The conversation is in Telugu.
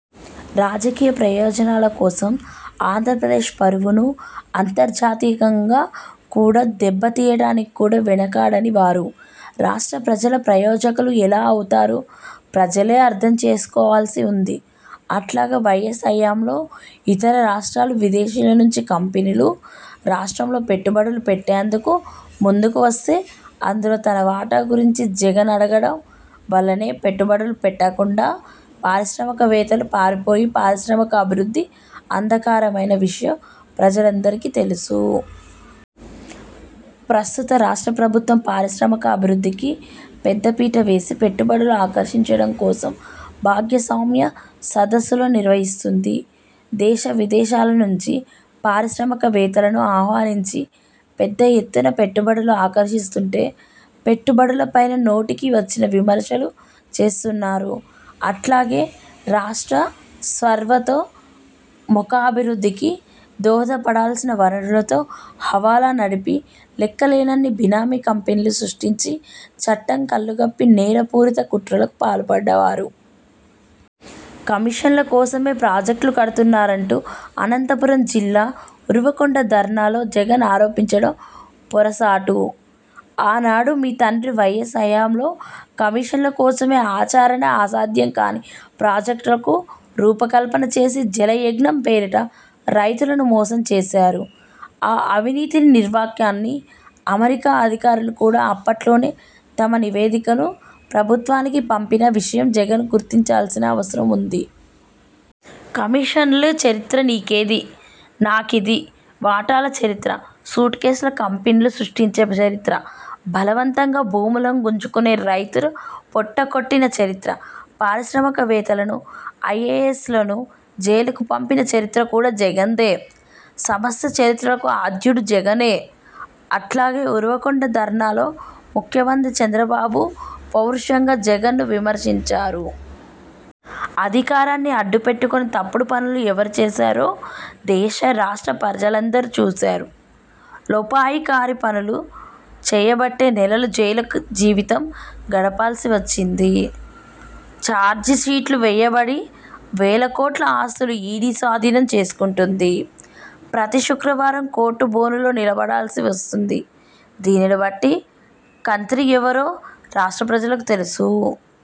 రాజకీయ ప్రయోజనాల కోసం ఆంధ్రప్రదేశ్ పరువును అంతర్జాతీయంగా కూడా దెబ్బతీయటానికి కూడా వెనకాడని వారు రాష్ట్ర ప్రజల ప్రయోజకులు ఎలా అవుతారు ప్రజలే అర్ధం చేసుకోవాల్సి వుంది. అట్లాగే వైఎస్ హయాంలో ఇతర రాష్ట్రాలు, విదేశీయుల నుంచి కంపెనీలు రాష్ట్రంలో పెట్టుబడులు పెట్టేందుకు ముందుకు వస్తే అందులో తన వాటా గురించి జగన్ అడగటం వల్లనే పెట్టుబడులు పెట్టకుండా పారిశ్రామికవేత్తలు పారిపోయి పారిశ్రామికాభివృద్ధి అంధకారమైన విషయం ప్రజలందరికి తెలుసు. ప్రస్తుత రాష్ట్ర ప్రభుత్వం పారిశ్రామికాభివృద్ధికి పెద్దపీట వేసి పెట్టుబడులు ఆకర్షించడం కోసం భాగస్వామ్య సదస్సులు నిర్వహిస్తున్నది. దేశ, విదేశాల నుంచి పారిశ్రామికవేత్తలను ఆహ్వానించి, పెద్దఎత్తున పెట్టుబడులు ఆకర్షిస్తుంటే పెట్టుబడులపైన నోటికి వచ్చిన విమర్శలు చేస్తున్నారు. అట్లాగే రాష్ట్ర సర్వతోముఖాభివృద్దికి దోహదపడాల్సిన వనరులతో హవాలా నడిపి లెక్క లేనన్ని బినామీ కంపెనీలు సృష్టించి చట్టం కళ్లుగప్పి నేర పూరిత కుట్రలకు పాల్పడ్డవారు. కమీషన్ల కోసమే ప్రాజెక్టులు కడుతున్నారంటూ అనంతపురం జిల్లా ఉరవకొండ ధర్నాలో జగన్ ఆరోపించడం పొరసాటు. ఆనాడు మీ తండ్రి వైఎస్ హయాంలో కమీషన్ల కోసమే ఆచరణ అసాధ్యం కానీ ప్రాజెక్టులకు రూపకల్పన చేసి, జలయజ్ఞం పేరిట రైతులను మోసం చేశారు. ఆ అవినీతి నిర్వకాన్ని అమెరికా అధికారులు కూడా అప్పట్లోనే తమ నివేదికను ప్రభుత్వానికి పంపిన విషయం జగన్ గుర్తించాల్సిన అవసరముంది. కమిషన్ల చరిత్ర, నీ కిది, నాకది వాటాల చరిత్ర, సూట్కేసు కంపెనీలు సృష్టించే చరిత్ర, బలవంతంగా భూములు గుంజుకొని రైతుల పొట్టకొట్టిన చరిత్ర, పారిశ్రామికవేత్తలను, ఐఏఎస్ లను జైళ్లకు పంపిన చరిత్ర కూడా జగన్ దే. సమస్త చరిత్రలకు ఆద్యుడు జగనే. అట్లాగే ఉరవకొండ ధర్నాలో ముఖ్యమంత్రి చంద్రబాబును పరుషంగా జగన్ విమర్శించారు. అధికారాన్ని అడ్డం పెట్టుకొని తప్పుడు పనులు ఎవరు చేశారో దేశ, రాష్ట్ర ప్రజలందరూ చూశారు. లోపాయికారీ పనులు చేయబట్టే నెలలు జైలు జీవితం గడపాల్సి వచ్చింది. ఛార్జిషీట్లు వేయబడి వేలకోట్ల ఆస్తులు ఈడీ స్వాధీనం చేసుకుంటుంది. ప్రతి శుక్రవారం కోర్టు బోనులో నిలబడాల్సి వస్తుంది. దీనిని బట్టి కంత్రీ ఎవరో రాష్ట్ర ప్రజలకు తెలుసు.